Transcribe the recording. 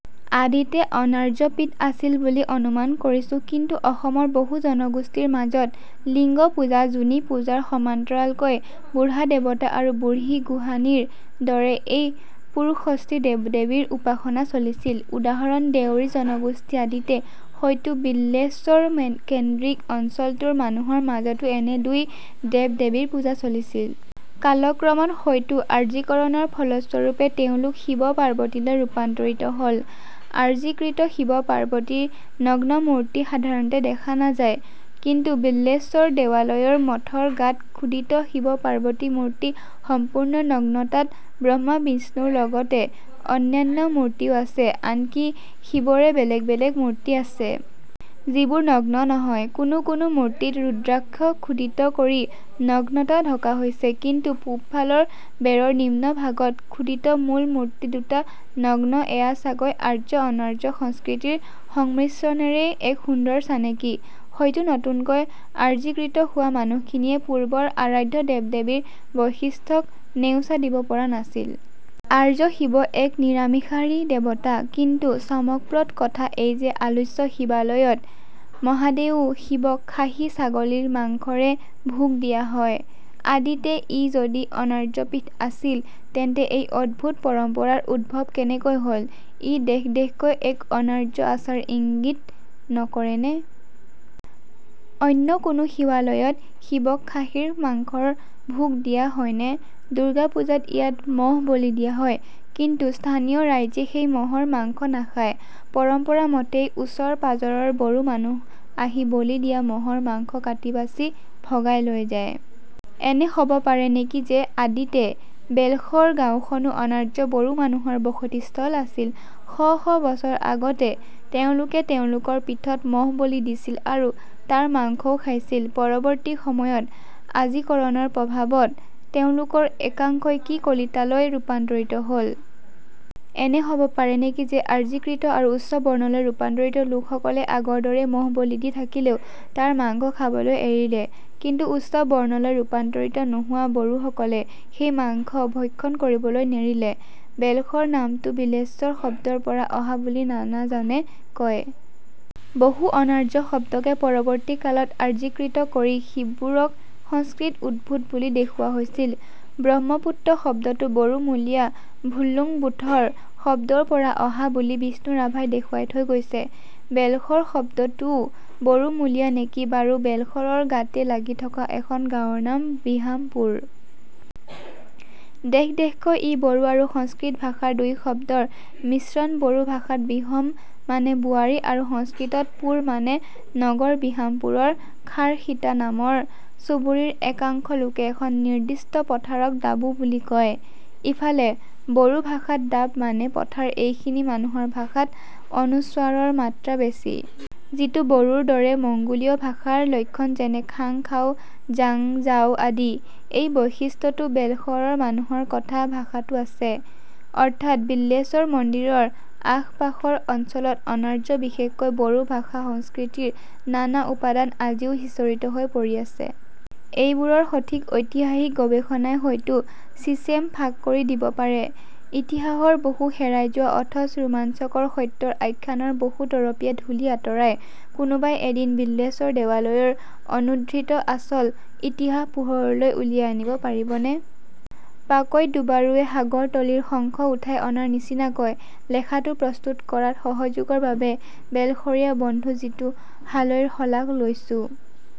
আদিতে অনাৰ্যপীঠ আছিল বুলি অনুমান কৰিছোঁ। কিন্তু অসমৰ বহু জনগোষ্ঠীৰ মাজত লিংগপূজা, যোনিপূজাৰ সমান্তৰালকৈ বুঢ়াদেৱতা আৰু বুঢ়ীগোসাঁনীৰ দৰে দুই পুৰুষস্ত্ৰী দেৱদেৱীৰ উপাসনা চলিছিল। উদাহৰণ দেউৰী জনগোষ্ঠী আদিতে হয়তো বিল্বেশ্বৰ কেন্দ্ৰিক অঞ্চলটোৰ মানুহৰ মাজতো এনে দুই দেৱদেৱীৰ পূজা চলিছিল। কালক্ৰমত হয়তো আৰ্যীকৰণৰ ফলস্বৰূপে তেওঁলোক শিৱ-পাৰ্বতীলৈ ৰূপান্তৰিত হল। আৰ্যীকৃত শিৱপাৰ্বতীৰ নগ্নমূৰ্তি সাধাৰণতে দেখা নাযায়। কিন্তু বিল্বেশ্বৰ দেৱালয়ৰ মঠৰ গাত খোদিত শিৱপাৰ্বতী মূৰ্তি সম্পূৰ্ণ নগ্নতাত ব্ৰহ্মাবিষ্ণুৰ লগতে অন্যান্য মূৰ্তিও আছে, আনকি শিৱৰে বেলেগ বেলেগ মূৰ্তি আছে। যিবোৰ নগ্ন নহয়। কোনো কোনো মূৰ্তিত ৰূদ্ৰাক্ষ খোদিত কৰি নগ্নতা ঢকা হৈছে। কিন্তু পূবফালৰ বেৰৰ নিম্নভাগত খোদিত মূল মূৰ্তি দুটা নগ্ন এয়া চাগৈ আৰ্য-অনাৰ্য সংস্কৃতিৰ সংমিশ্ৰণৰেই এক সুন্দৰ চানেকি। হয়তো নতুনকৈ আৰ্যীকৃত হোৱা মানুহখিনিয়ে পূৰ্বৰ আৰাধ্য দেৱদেৱীৰ বৈশিষ্ট্যক নেওচা দিব পৰা নাছিল। আৰ্য শিৱ এক নিৰামিষাহাৰী দেৱতা। কিন্তু চমকপ্ৰদ কথা এই যে আলোচ্য শিৱালয়ত মহাদেউ শিৱক খাহী ছাগলীৰ মাংসৰে ভোগ দিয়া হয়। আদিতে ই যদি অনাৰ্যপীঠ নাছিল তেন্তে এই অদ্ভুত পৰম্পৰাৰ উদ্ভৱ কেনেকৈ হল। ই দেখদেখকৈ এক অনাৰ্য আচাৰ ইংগিত নকৰেনে? অন্য কোনো শিৱালয়ত শিৱক খাহীৰ মাংসৰ ভোগ দিয়া হয়নে? দুৰ্গাপূজাত ইয়াত মহ বলি দিয়া হয়। কিন্তু স্থানীয় ৰাইজে সেই মহৰ মাংস নাখায়। পৰম্পৰা মতেই ওচৰ পাজৰৰ বড়ো মানুহ আহি বলি দিয়া মহৰ মাংস কাটিবাছি ভগাই লৈ যায়। এনে হব পাৰে নেকি যে আদিতে বেলশৰ গাওঁখনো অনাৰ্য বড়ো মানুহৰ বসতি স্থল আছিল শ শ বছৰ আগতে তেওঁলোকে তেওঁলোকৰ পীঠত মহ বলি দিছিল। আৰু তাৰ মাংসও খাইছিল পৰৱৰ্তী সময়ত আৰ্যীকৰণৰ প্ৰভাৱত তেওঁলোকৰ একাংশই কি কলিতালৈ ৰূপান্তৰিত হল। এনে হব পাৰে নেকি যে আৰ্যীকৃত আৰু উচ্চবৰ্ণলৈ ৰূপান্তৰিত লোকসকলে আগৰদৰেই মহ বলি দি থাকিলেও তাৰ মাংস খাবলৈ এৰিলে। কিন্তু উচ্চবৰ্ণলৈ ৰূপান্তৰিত নোহোৱা বড়োসকলে সেই মাংস ভক্ষণ কৰিবলৈ নেৰিলে। বেলশৰ নামটো বিল্বেশ্বৰ শব্দৰ পৰা অহা বুলি নানাজনে কয়। বহু অনাৰ্য শব্দকে পৰৱৰ্তী কালত আৰ্যীকৃত কৰি সিবোৰক সংস্কৃত উদ্ভুত বুলি দেখুওৱা হৈছিল। ব্ৰহ্মপুত্ৰ শব্দটো বড়োমূলীয় ভুল্লুংবুথুৰ শব্দৰ পৰা অহা বুলি বিষ্ণুৰাভাই দেখুৱাই থৈ গৈছে। বেলশৰ শব্দটোৱো বড়োমূলীয় নেকি বাৰু বেলশৰৰ গাতে লাগি থকা এখন গাঁৱৰ নাম বিহামপুৰ। দেখদেখকৈ ই বড়ো আৰু সংস্কৃত ভাষাৰ দুই শব্দৰ মিশ্ৰণবড়ো ভাষাত বিহম মানে বোৱাৰী আৰু সংস্কৃতত পুৰ মানে নগৰবিহামপুৰৰ খাৰশিঠা নামৰ চুবুৰীৰ একাংশ লোকে এখন নিৰ্দিষ্ট পথাৰক দাবো বুলি কয়। ইফালে বড়ো ভাষাত দাব মানে পথাৰ এইখিনি মানুহৰ ভাষাত অনুস্বাৰৰ মাত্ৰা বেছি। যিটো বড়োৰ দৰে মংগোলীয় ভাষাৰ লক্ষণযেনে খাং খাওঁ যাং যাওঁ আদি। এই বৈশিষ্ট্যটো বেলশৰৰ মানুহৰ কথ্য ভাষাতো আছে। অৰ্থাৎ বিল্বেশ্বৰ মন্দিৰৰ আশপাশৰ অঞ্চলত অনাৰ্য বিশেষকৈ বড়ো ভাষাসংস্কৃতিৰ নানা উপাদান আজিও সিঁচৰতি হৈ পৰি আছে। এইবোৰৰ সঠিক ঐতিহাসিক গৱেষণাই হয়তো চিচেম ফাক কৰি দিব পাৰে। ইতিহাসৰ বহু হেৰাই যোৱা অথচ ৰোমাঞ্চকৰ সত্যৰ আখ্যানৰ বহু তৰপীয়া ধূলি আঁতৰাই কোনোবাই এদিন বিল্বেশ্বৰ দেৱালয়ৰ অনুদ্ধৃত আচল ইতিহাস পোহৰলৈ উলিয়াই আনিব পাৰিবনে? পাকৈত ডুবাৰুৱে সাগৰতলিৰ শংখ উঠাই অনাৰ নিচিনাকৈ লেখাটো প্ৰস্তুত কৰাত সহযোগৰ বাবে বেলশৰীয়া বন্ধু জিতু হালৈৰ শলাগ লৈছোঁ।